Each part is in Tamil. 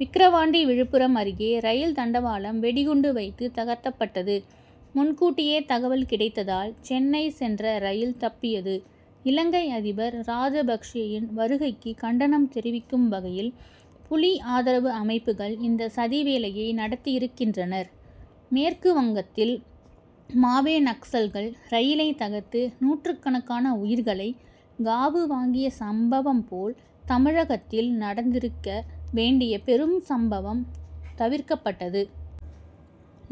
விக்கிரவாண்டி விழுப்புரம் அருகே ரயில் தண்டவாளம் வெடிகுண்டு வைத்து தகர்க்கப்பட்டது. முன்கூட்டியே தகவல் கிடைத்ததால் சென்னை சென்ற ரயில் தப்பியது. இலங்கை அதிபர் ராஜபக்ஷேயின் வருகைக்கு கண்டனம் தெரிவிக்கும் வகையில் புலி ஆதரவு அமைப்புகள் இந்த சதி வேலையை நடத்தியிருக்கின்றனர். மேற்குவங்கத்தில் மாவே., நக்சல்கள் ரயிலை தகர்த்து நூற்றுக்கணக்கான உயிர்களை காவு வாங்கிய சம்பவம் போல், தமிழகத்தில் நடந்திருக்க வேண்டிய பெரும் சம்பவம் தவிர்க்கப்பட்டது.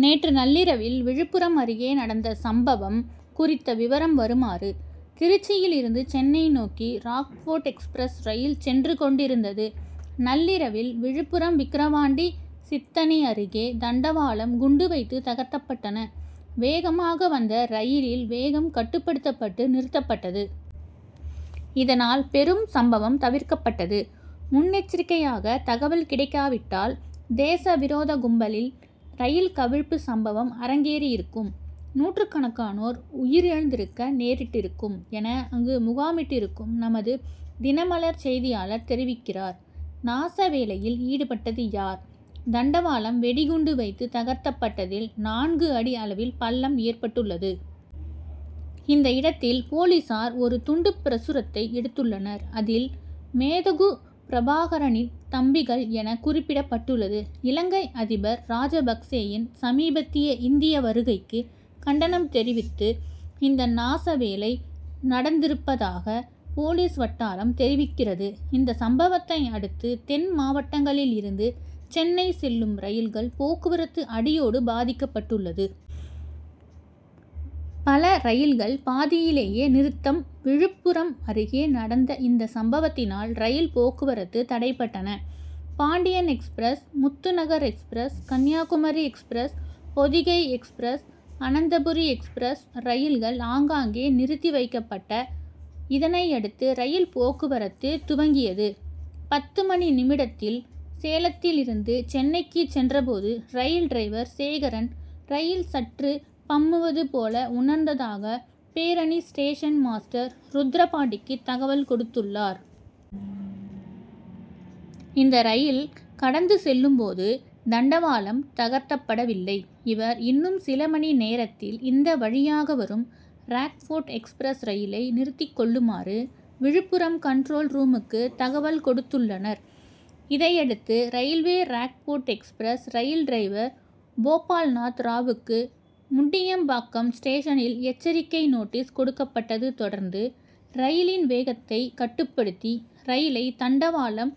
நேற்று நள்ளிரவில் விழுப்புரம் அருகே நடந்த சம்பவம் குறித்த விவரம் வருமாறு திருச்சியில் இருந்து சென்னை நோக்கி ராக்போர்ட் எக்ஸ்பிரஸ் ரயில் சென்று கொண்டிருந்தது. நள்ளிரவில் விழுப்புரம் விக்கிரவாண்டி சித்தனி அருகே தண்டவாளம் குண்டு வைத்து தகர்க்கப்பட்டன. வேகமாக வந்த ரயிலின் வேகம் கட்டுப்படுத்தப்பட்டு நிறுத்தப்பட்டது. இதனால் பெரும் சம்பவம் தவிர்க்கப்பட்டது. முன்னெச்சரிக்கையாக தகவல் கிடைக்காவிட்டால் தேச விரோத கும்பலின் ரயில் கவிழ்ப்பு சம்பவம் அரங்கேறியிருக்கும். நூற்றுக்கணக்கானோர் உயிரிழந்திருக்க நேரிட்டிருக்கும் என அங்கு முகாமிட்டிருக்கும் நமது தினமலர் செய்தியாளர் தெரிவிக்கிறார். நாசவேலையில் ஈடுபட்டது யார்? தண்டவாளம் வெடிகுண்டு வைத்து தகர்க்கப்பட்டதில் நான்கு அடி அளவில் பள்ளம் ஏற்பட்டுள்ளது. இந்த இடத்தில் போலீசார் ஒரு துண்டு பிரசுரத்தை எடுத்துள்ளனர். அதில் மேதகு பிரபாகரனின் தம்பிகள் என குறிப்பிடப்பட்டுள்ளது. இலங்கை அதிபர் ராஜபக்சேயின் சமீபத்திய இந்திய வருகைக்கு கண்டனம் தெரிவித்து இந்த நாச வேலை நடந்திருப்பதாக போலீஸ் வட்டாரம் தெரிவிக்கிறது. இந்த சம்பவத்தை அடுத்து தென் மாவட்டங்களில் இருந்து சென்னை செல்லும் ரயில்கள் போக்குவரத்து அடியோடு பாதிக்கப்பட்டுள்ளது. பல ரயில்கள் பாதியிலே நிறுத்தம் விழுப்புரம் அருகே நடந்த இந்த சம்பவத்தினால் ரயில் போக்குவரத்து தடைப்பட்டன. Pandian express, Muthunagar express, Kanyakumari express, Podhigai express, Ananthapuri express ரயில்கள் ஆங்காங்கே நிறுத்தி வைக்கப்பட்ட. இதனையடுத்து ரயில் போக்குவரத்து துவங்கியது. பத்து மணி நிமிடத்தில் சேலத்தில் இருந்து சென்னைக்கு சென்ற போது ரயில் டிரைவர் சேகரன், ரயில் சற்று பம்முவதுபோல, உணர்வதாக பேரணி ஸ்டேஷன் மாஸ்டர் ருத்ரபாண்டிக்கு தகவல் கொடுத்துள்ளார். இந்த ரயில் கடந்து செல்லும்போது தண்டவாளம் தகர்த்தப்படவில்லை. இவர் இன்னும் சில மணி நேரத்தில் இந்த வழியாக வரும் ராக்போட் எக்ஸ்பிரஸ் ரயிலை நிறுத்திக்கொள்ளுமாறு விழுப்புரம் கன்ட்ரோல் ரூமுக்கு தகவல் கொடுத்துள்ளனர். இதையடுத்து railway Rockfort express rail driver Gopalnath ராவுக்கு முண்டியம்பாக்கம் ஸ்டேஷனில் எச்சரிக்கை நோட்டீஸ் கொடுக்கப்பட்டது தொடர்ந்து ரயிலின் வேகத்தை கட்டுப்படுத்தி ரயிலை தண்டவாளம்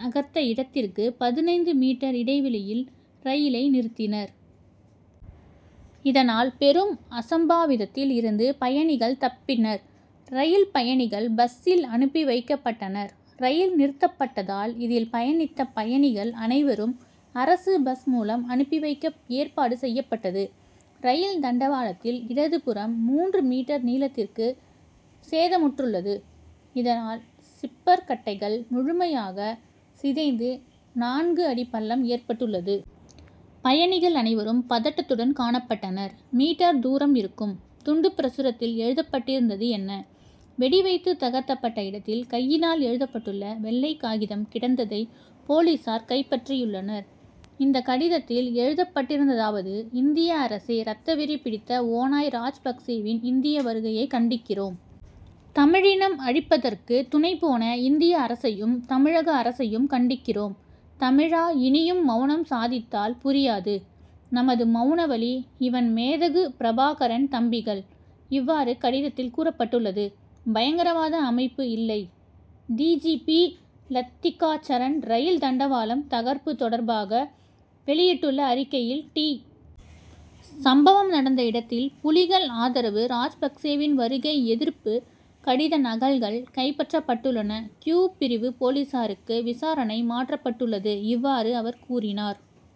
நகர்த்த இடத்திற்கு பதினைந்து மீட்டர் இடைவெளியில் ரயிலை நிறுத்தினார். இதனால் பெரும் அசம்பாவிதத்தில் இருந்து பயணிகள் தப்பினர். ரயில் பயணிகள் பஸ்சில் அனுப்பி வைக்கப்படனர் ரயில் நிறுத்தப்பட்டதால் இதில் பயணித்த பயணிகள் அனைவரும் அரசு பஸ் மூலம் அனுப்பி வைக்க ஏற்பாடு செய்யப்பட்டது. ரயில் தண்டவாளத்தின் இடது புறம் மூன்று மீட்டர் நீளத்திற்கு சேதமுற்றுள்ளது. இதனால் சிலிப்பர் கட்டைகள் முழுமையாக சிதைந்து நான்கு அடிப்பள்ளம் ஏற்பட்டுள்ளது. பயணிகள் அனைவரும பதட்டத்துடன் காணப்பட்டனர். மீட்டர் தூரம் இருக்கும். துண்டு பிரசுரத்தில் எழுதப்பட்டிருந்தது என்ன? வெடி வைத்து தகர்க்கப்பட்ட இடத்தில் கையினால் எழுதப்பட்டுள்ள வெள்ளை காகிதம் கிடந்ததை போலீசார் கைப்பற்றியுள்ளனர், இந்த கடிதத்தில் எழுதப்பட்டிருந்ததாவது இந்திய அரசே ரத்த வெறி பிடித்த ஓநாய் ராஜபக்சேயின் இந்திய வருகையை கண்டிக்கிறோம். தமிழினம் அழிப்பதற்கு துணைபோன இந்திய அரசையும், தமிழக அரசையும் கண்டிக்கிறோம். தமிழா இனியும் மவுனம் சாதித்தால் புரியாது நமது மவுன வலி. இவண். மேதகு பிரபாகரன் தம்பிகள். இவ்வாறு கடிதத்தில் கூறப்பட்டுள்ளது. பயங்கரவாத அமைப்பு இல்லை D. G. P., Letika Saran rail தண்டவாளம் தகர்ப்பு தொடர்பாக வெளியிட்டுள்ள அறிக்கையில் டி. சம்பவம் நடந்த இடத்தில் புலிகள் ஆதரவு ராஜபக்சேவின் வருகை எதிர்ப்பு கடித நகல்கள் கைப்பற்றப்பட்டுள்ளன. கியூ பிரிவு போலீசாருக்கு விசாரணை மாற்றப்பட்டுள்ளது இவ்வாறு அவர் கூறினார்.